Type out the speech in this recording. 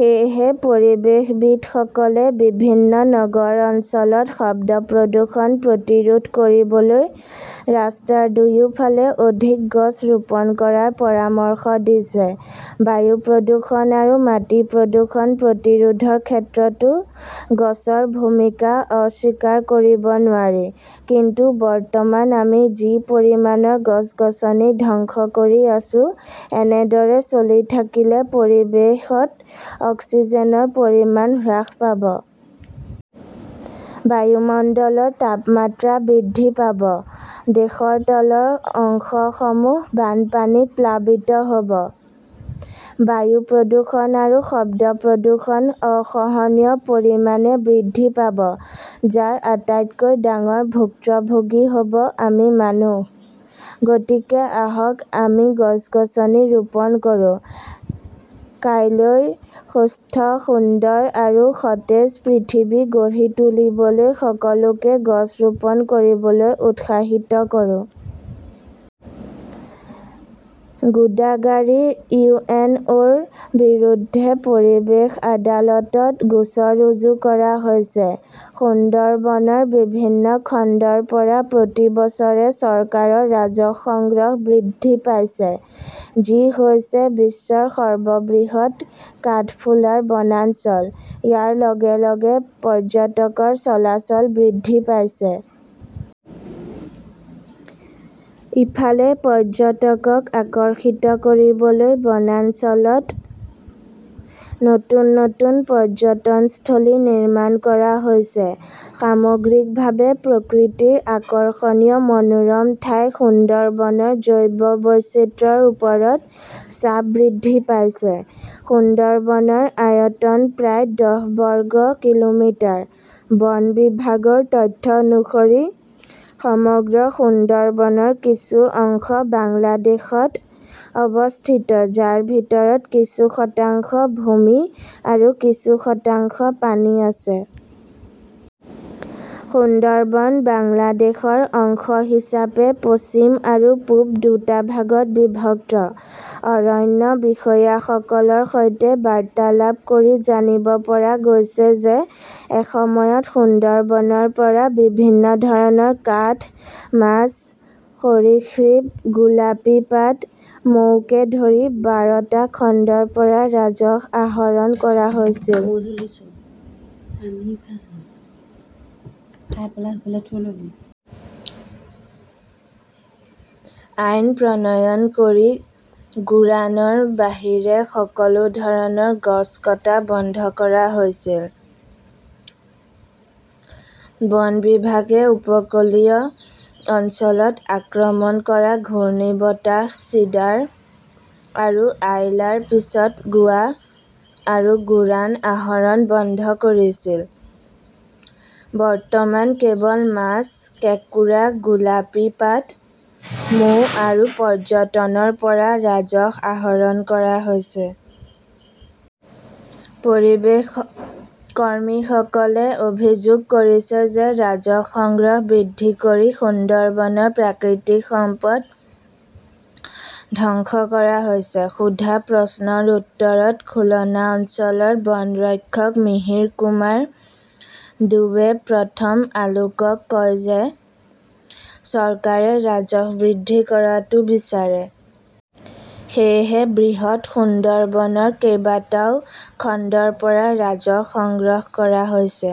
সেয়েহে পৰিৱেশবিদসকলে বিভিন্ন নগৰ অঞ্চলত শব্দ প্ৰদূষণ প্ৰতিৰোধ কৰিবলৈ ৰাস্তাৰ দুয়োফালে অধিক গছ ৰোপণ কৰাৰ পৰামৰ্শ দিছে। বায়ু প্ৰদূষণ আৰু মাটি প্ৰদূষণ প্ৰতিৰোধৰ ক্ষেত্ৰতো গছৰ ভূমিকা অস্বীকাৰ কৰিব নোৱাৰি। কিন্তু বৰ্তমান আমি যি পৰিমাণৰ গছ-গছনি ধ্বংস কৰি আছো, এনেদৰে চলি থাকিলে পৰিৱেশত অক্সিজেনৰ পৰিমাণ হ্ৰাস পাব। বায়ুমণ্ডলৰ তাপমাত্ৰা বৃদ্ধি পাব। দেশৰ তলৰ অংশসমূহ বানপানীত প্লাবিত হ'ব। বায়ু প্ৰদূষণ আৰু শব্দ প্ৰদূষণ অসহনীয় পৰিমাণে বৃদ্ধি পাব, যাৰ আটাইতকৈ ডাঙৰ ভুক্তভোগী হ'ব আমি মানুহ। গতিকে আহক আমি গছ-গছনি ৰোপণ কৰো। কাইলৈৰ সুস্থ, সুন্দৰ আৰু সতেজ পৃথিৱী গঢ়ি তুলিবলৈ সকলোকে গছ ৰোপণ কৰিবলৈ উৎসাহিত কৰো। গোদাগাড়ীৰ ইউ. এন. অ'. -ৰ বিৰুদ্ধে পৰিৱেশ আদালতত গোচৰ ৰুজু কৰা হৈছে। সুন্দৰবনৰ বিভিন্ন খণ্ডৰ পৰা প্ৰতি বছৰে চৰকাৰৰ ৰাজহ সংগ্ৰহ বৃদ্ধি পাইছে, যি হৈছে বিশ্বৰ সৰ্ববৃহৎ কাঠফুলাৰ বনাঞ্চল। ইয়াৰ লগে লগে পৰ্যটকৰ চলাচল বৃদ্ধি পাইছে। ইফালে, পৰ্যটকক আকৰ্ষিত কৰিবলৈ বনাঞ্চলত নতুন নতুন পৰ্যটনস্থলী নিৰ্মাণ কৰা হৈছে। সামগ্ৰিকভাৱে, প্ৰকৃতিৰ আকৰ্ষণীয় মনোৰম ঠাই সুন্দৰবনৰ জৈৱ বৈচিত্ৰ্যৰ ওপৰত চাপ বৃদ্ধি পাইছে। সুন্দৰবনৰ আয়তন প্ৰায় দহ বৰ্গ কিলোমিটাৰ। বন বিভাগৰ তথ্য অনুসৰি সমগ্ৰ সুন্দৰবনৰ কিছু অংশ বাংলাদেশত অৱস্থিত, যাৰ ভিতৰত কিছু শতাংশ ভূমি আৰু কিছু শতাংশ পানী আছে। সুন্দৰবন বাংলাদেশৰ অংশ হিচাপে পশ্চিম আৰু পূব দুটা ভাগত বিভক্ত। অৰণ্য বিষয়াসকলৰ সৈতে বাৰ্তালাপ কৰি জানিব পৰা গৈছে যে এসময়ত সুন্দৰবনৰ পৰা বিভিন্ন ধৰণৰ কাঠ, মাছ, সৰীসৃপ, গোলাপী পাত, মৌকে ধৰি বাৰটা খণ্ডৰ পৰা ৰাজহ আহৰণ কৰা হৈছিল। আইন প্ৰণয়ন কৰি গোৰানৰ বাহিৰে সকলো ধৰণৰ গছ কটা বন্ধ কৰা হৈছিল। বন বিভাগে উপকূলীয় অঞ্চলত আক্ৰমণ কৰা ঘূৰ্ণীবতাহ চিডাৰ আৰু আইলাৰ পিছত গোৱা আৰু গোৰান আহৰণ বন্ধ কৰিছিল। বৰ্তমান কেৱল মাছ, কেঁকোৰা, গোলাপী পাত, মৌ আৰু পৰ্যটনৰ পৰা ৰাজহ আহৰণ কৰা হৈছে। পৰিৱেশ কৰ্মীসকলে অভিযোগ কৰিছে যে ৰাজহ সংগ্ৰহ বৃদ্ধি কৰি সুন্দৰবনৰ প্ৰাকৃতিক সম্পদ ধ্বংস কৰা হৈছে। সোধা প্ৰশ্নৰ উত্তৰত খুলনা অঞ্চলৰ বনৰক্ষক মিহিৰ কুমাৰ ডোৱে প্ৰথম আলোকক কয় যে চৰকাৰে ৰাজহ বৃদ্ধি কৰাটো বিচাৰে। সেয়েহে, বৃহৎ সুন্দৰবনৰ কেইবাটাও খণ্ডৰ পৰা ৰাজহ সংগ্ৰহ কৰা হৈছে।